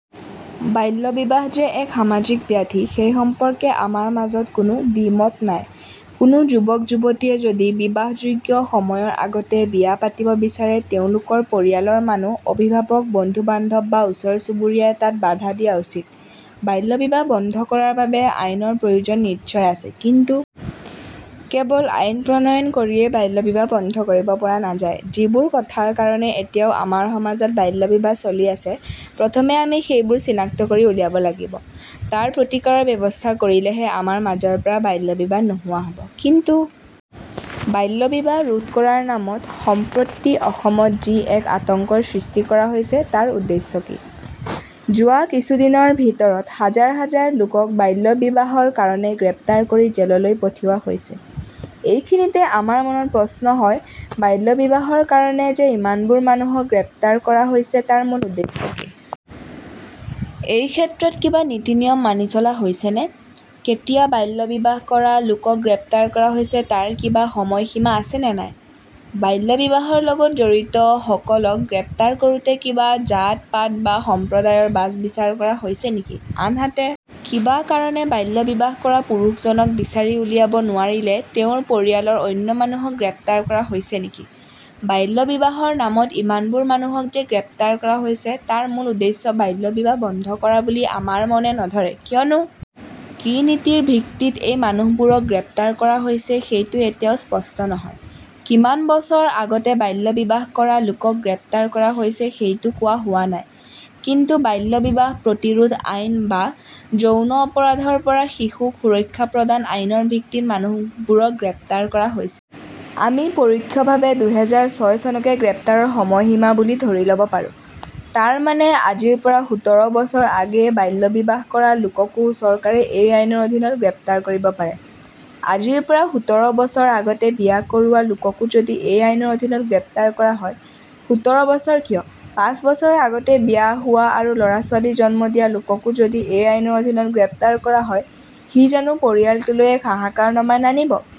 বাল্য বিবাহ যে এক সামাজিক ব্যাধি সেই সম্পৰ্কে আমাৰ মাজত কোনো দ্বি-মত নাই। কোনো যুৱক-যুৱতীয়ে যদি বিবাহযোগ্য সময়ৰ আগতে বিয়া পাতিব বিচাৰে তেওঁলোকৰ পৰিয়ালৰ মানুহ অভিভাৱক বন্ধু-বান্ধৱ বা ওচৰ-চুবুৰীয়াই তাত বাধা দিয়া উচিত। বাল্য বিবাহ বন্ধ কৰাৰ বাবে আইনৰ প্ৰয়োজন নিশ্চয় আছে। কিন্তু কেৱল আইন প্ৰণয়ন কৰিয়ে বাল্য বিবাহ বন্ধ কৰিব পৰা নাযায়। যিবোৰ কথাৰ কাৰণে এতিয়াও আমাৰ সমাজত বাল্য বিবাহ চলি আছে প্ৰথমে আমি সেইবোৰ চিনাক্ত কৰি উলিয়াব লাগিব। তাৰ প্ৰতিকাৰৰ ব্যৱস্থা কৰিলেহে আমাৰ মাজৰ পৰা বাল্য বিবাহ নোহোৱা হ'ব। কিন্তু বাল্য বিবাহ ৰোধ কৰাৰ নামত সম্প্ৰতি অসমত যি এক আতংকৰ সৃষ্টি কৰা হৈছে তাৰ উদ্দেশ্য কি ?যোৱা কিছুদিনৰ ভিতৰত হাজাৰ হাজাৰ লোকক বাল্য বিবাহৰ কাৰণে গ্ৰেপ্তাৰ কৰি জেললৈ পঠিওৱা হৈছে। এইখিনিতে আমাৰ মনত প্ৰশ্ন হয় বাল্য বিবাহৰ কাৰণে যে ইমানবোৰ মানুহক গ্ৰেপ্তাৰ কৰা হৈছে তাৰ মূল উদ্দেশ্য কি? এই ক্ষেত্ৰত কিবা নীতি-নিয়ম মানি চলা হৈছেনে ?কেতিয়া বাল্য বিবাহ কৰা লোকক গ্ৰেপ্তাৰ কৰা হৈছে তাৰ কিবা সময়সীমা আছে নে নাই ?বাল্য বিবাহৰ লগত জড়িত সকলক গ্ৰেপ্তাৰ কৰোঁতে কিবা জাত-পাত বা সম্প্ৰদায়ৰ বাচ-বিচাৰ কৰা হৈছে নেকি ?আনহাতে কিবা কাৰণে বাল্য বিবাহ কৰা পুৰুষজনক বিচাৰি উলিয়াব নোৱাৰিলে তেওঁৰ পৰিয়ালৰ অন্য মানুহক গ্ৰেপ্তাৰ কৰা হৈছে নেকি? বাল্য বিবাহৰ নামত ইমানবোৰ মানুহক যে গ্ৰেপ্তাৰ কৰা হৈছে তাৰ মূল উদ্দেশ্য বাল্য বিবাহ বন্ধ কৰা বুলি আমাৰ মনে নধৰে। কিয়নো কি নীতিৰ ভিত্তিত এই মানুহবোৰক গ্ৰেপ্তাৰ কৰা হৈছে সেইটো এতিয়াও স্পষ্ট নহয়। কিমান বছৰ আগতে বাল্য বিবাহ কৰা লোকক গ্ৰেপ্তাৰ কৰা হৈছে সেইটো কোৱা হোৱা নাই। কিন্তু বাল্য বিবাহ প্ৰতিৰোধ আইন আৰু যৌন অপৰাধৰ পৰা শিশুক সুৰক্ষা প্ৰদান আইনৰ ভিত্তিত মানুহবোৰক গ্ৰেপ্তাৰ কৰা হৈছে। আমি পৰোক্ষভাবে দুহেজাৰ ছয় চনকে গ্ৰেপ্তাৰৰ সময় সীমা বুলি ধৰি ল'ব পাৰোঁ। তাৰমানে আজিৰ পৰা সোতৰ বছৰ আগেয়ে বাল্য বিবাহ কৰা লোককো চৰকাৰে এই আইনৰ অধীনত গ্ৰেপ্তাৰ কৰিব পাৰে ।আজিৰ পৰা সুতৰ বছৰ আগতে বিয়া কৰোৱা লোকক যদি এই আইনৰ অধীনত গ্ৰেপ্তাৰ কৰা হয় সোতৰ বছৰ কিয় পাঁচ বছৰ আগতে বিয়া হোৱা আৰু ল'ৰা-ছোৱালী জন্ম দিয়া লোককো যদি এই আইনৰ অধীনত গ্ৰেপ্তাৰ কৰা হয় সি জানো পৰিয়ালটোলৈ এক হাহাকাৰ নমাই নানিব ।